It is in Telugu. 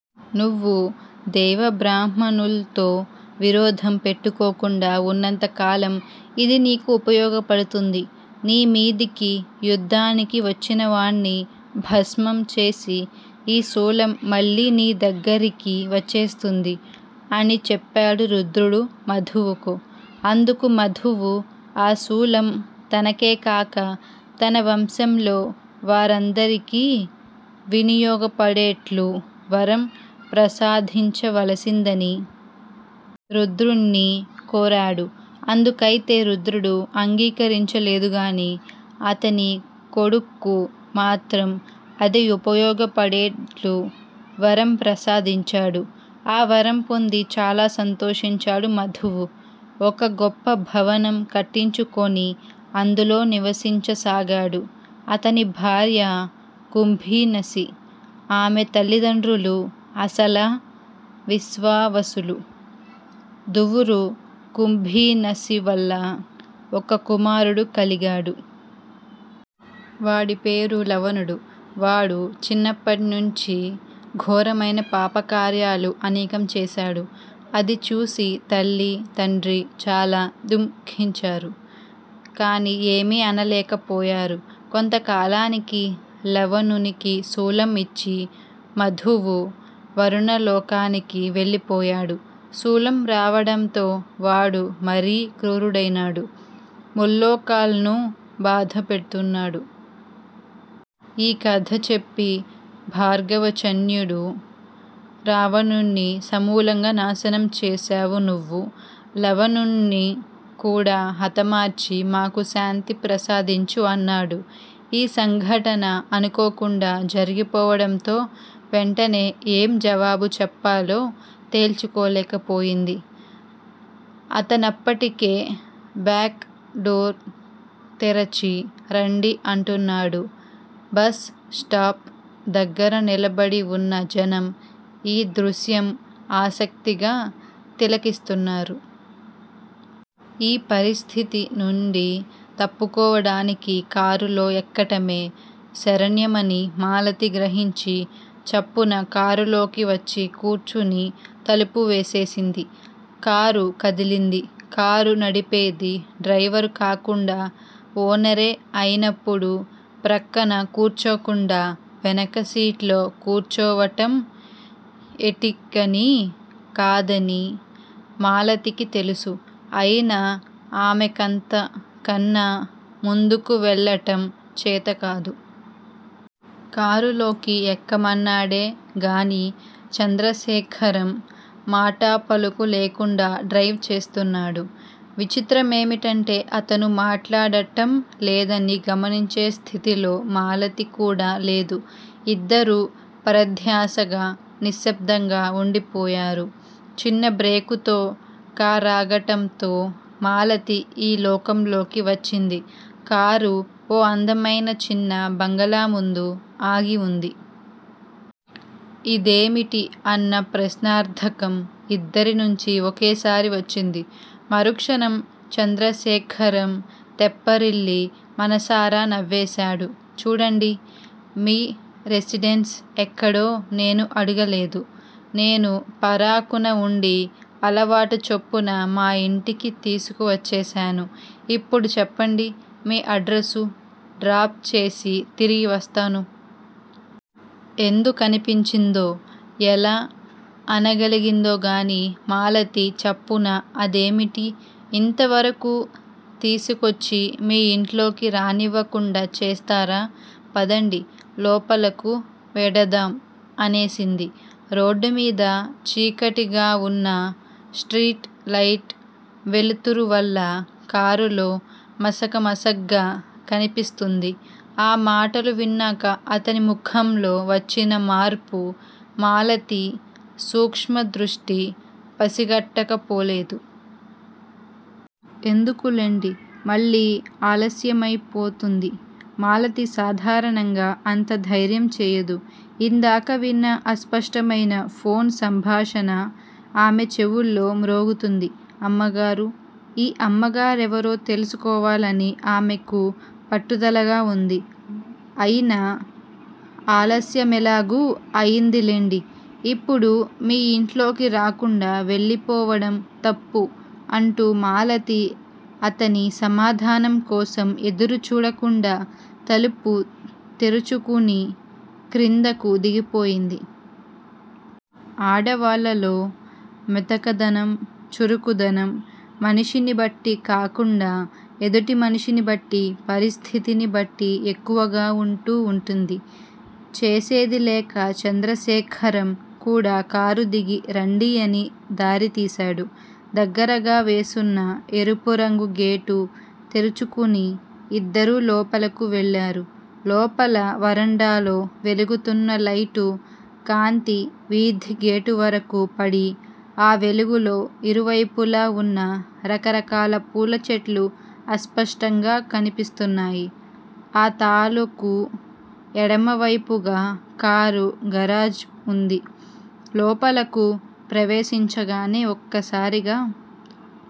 నువ్వు దేవబ్రాహ్మణుల్తో విరోధం పెట్టుకోకుండా వున్నంత కాలం ఇది నీకు ఉపయోగపడుతుంది. నీమీదికి యుద్దానికి వచ్చినవాణ్ని భస్మం చేసి ఈ శూలం మళ్ళీ నీదగ్గరికి వచ్చేస్తుంది. అని చెప్పాడు రుద్రుడు మధువుకు. అందుకు మధువు ఆ శూలం తనకేకాక తన వంశంలో వారందరికీ వినియోగపడేట్లు వరం ప్రసాధించవలసిందని. రుద్రుణ్ని కోరాడు. అందుకైతే రుద్రుడు అంగీకరించలేదుగాని అతని కొడుక్కు మాత్రం అది ఉపయోగపడేట్లు వరం ప్రసాదించాడు. ఆ వరం పొంది చాలా సంతోషించాడు మధువు. ఒక గొప్ప భవనం కట్టించుకొని అందులో నివసించసాగాడు. అతని భార్య కుంభీనసి. ఆమె తల్లిదండ్రులు అసలా, విశ్వావసులు. దువురు కుంభీనసివల్ల ఒక కుమారుడు కలిగాడు. వాడి పేరు లవణుడు. వాడు చిన్నప్పణ్ణుంచీ ఘోరమైన పాపకార్యాలు అనేకం చేశాడు. అది చూసి తల్లీ, తండ్రీ చాల దుఃఖించారు. కాని ఏమీ అనలేక పోయారు. కొంతకాలానికి లవణునికి శూలం ఇచ్చి మధువు వరుణలోకానికి వెళ్ళిపోయాడు. శూలం రావడంతో వాడు మరీ కృరూడైనాడు. ముల్లోకాల్నూ బాధ పెడుతున్నాడు. ఈ కథ చెప్పి భార్గవచ్యనుడు రావణుడ్ని సమూలంగా నాశనం చేశావు నువ్వు. లవణుణ్ని కూడా హతమార్చి మాకు శాంతి ప్రసాదించు అన్నాడు. ఈ సంఘటన అనుకోకుండా జరిగిపోవడంతో వెంటనే ఏం జవాబు చెప్పాలో తేల్చుకోలేకపోయింది. అతనప్పటికే బ్యాక్ డోర్ తెరచి రండి అంటున్నాడు. బస్ స్టాప్ దగ్గర నిలబడివున్న జనం ఈ దృశ్యం ఆసక్తిగా తిలకిస్తున్నారు. ఈ పరిస్థితినుండి తప్పుకోవడానికి కారులో ఎక్కటమే శరణ్యమని మాలతి గ్రహించి చప్పున కారులోకి వచ్చి కూర్చుని తలుపు వేసేసింది. కారు కదిలింది. కారు నడిపేది డ్రైవరు కాకుండా ఓనరే అయినప్పుడు ప్రక్కన కూర్చోకుండా వెనక సీట్లో కూర్చోవటం ఎటికనీ కాదని మాలతికి తెలుసు. అయినా ఆమెకంత కన్నా ముందుకు వెళ్ళటం చేతకాదు. కారులోకి ఎక్కమన్నాడే గానీ చంద్రశేఖరం మాటాపలుకు లేకుండా డ్రైవ్ చేస్తున్నాడు. విచిత్రమేమిటంటే అతను మాట్లాడటం లేదని గమనించే స్థితిలో మాలతికూడా లేదు. ఇద్దరూ పరధ్యాసగా నిశ్శబ్దంగా వుండిపోయారు. చిన్న బ్రేకుతో కారాగటంతో మాలతి ఈ లోకంలోకి వచ్చింది. కారు ఓ అందమైన చిన్న బంగళాముందు ఆగి వుంది. ఇదేమిటి? అన్న ప్రశ్నార్ధకం ఇద్దరినుంచి ఒకేసారి వచ్చింది. మరుక్షణం చంద్రశేఖరం తెప్పరిల్లి మనసారా నవ్వేశాడు. చూడండి, మీ రెసిడెన్స్ ఎక్కడో నేనూ అడగలేదు. నేను పరాకున వుండి అలవాటు చొప్పున మా ఇంటికి తీసుకువచ్చేశాను. ఇప్పుడు చెప్పండి మీ అడ్రసు, డ్రాప్ చేసి తిరిగి వస్తాను. ఎందుకనిపించిందో, ఎలా అనగలిగిందోగానీ మాలతి చప్పున అదేమిటి? ఇంతవరకూ తీసుకొచ్చి మీ ఇంట్లోకి రానివ్వకుండా చేస్తారా? పదండి లోపలకు వెడదాం అనేసింది. రోడ్డుమీద చీకటిగావున్నా స్ట్రీట్ లైట్ వెలుతురువల్ల కారులో మసకమసగ్గా కనిపిస్తుంది. ఆ మాటలు విన్నాక అతని ముఖంలో వచ్చిన మార్పు మాలతి సూక్ష్మదృష్టి పసికట్టకపోలేదు. ఎందుకులెండి మళ్ళీ ఆలస్యమైపోతుంది మాలతి సాధారణంగా అంత ధైర్యంచేయదు. ఇందాక విన్న అస్పష్టమైన ఫోన్ సంభాషణ ఆమె చెవుల్లో మ్రోగుతుంది. అమ్మగారు! ఈ అమ్మగారెవరో తెలుసుకోవాలని ఆమెకు పట్టుదలగా వుంది. అయిన ఆలస్యమెలాగూ అయిందిలెండి, ఇప్పుడు మీ ఇంట్లోకి రాకుండా వెళ్ళిపోవడం తప్పు అంటూ మాలతి అతని సమాధానంకోసం ఎదురు చూడకుండా తలుపు తెరుచుకుని క్రిందకు దిగిపోయింది. ఆడవాళ్ళలో మెతకదనం, చురుకుదనం మనిషినిబట్టి కాకుండా ఎదుటి మనిషినిబట్టి, పరిస్థితిని బట్టి ఎక్కువగా వుంటూ వుంటుంది. చేసేదిలేక చంద్రశేఖరం కూడా కారుదిగి రండి అని దారి తీశాడు. దగ్గరగా వేసున్న ఎరుపురంగు గేటు తెరుచుకుని ఇద్దరూ లోపలకు వెళ్ళారు. లోపల వరండాలో వెలుగుతున్న లైటు కాంతి వీధిగేటువరకూ పడి, ఆ వెలుగులో ఇరువైపులా వున్న రకరకాల పూలచెట్లు అస్పష్టంగా కనిపిస్తున్నాయి. ఆ తాలుకు ఎడమవైపుగా కారు గరాజ్ వుంది. లోపలకు ప్రవేశించగానే ఒక్కసారిగా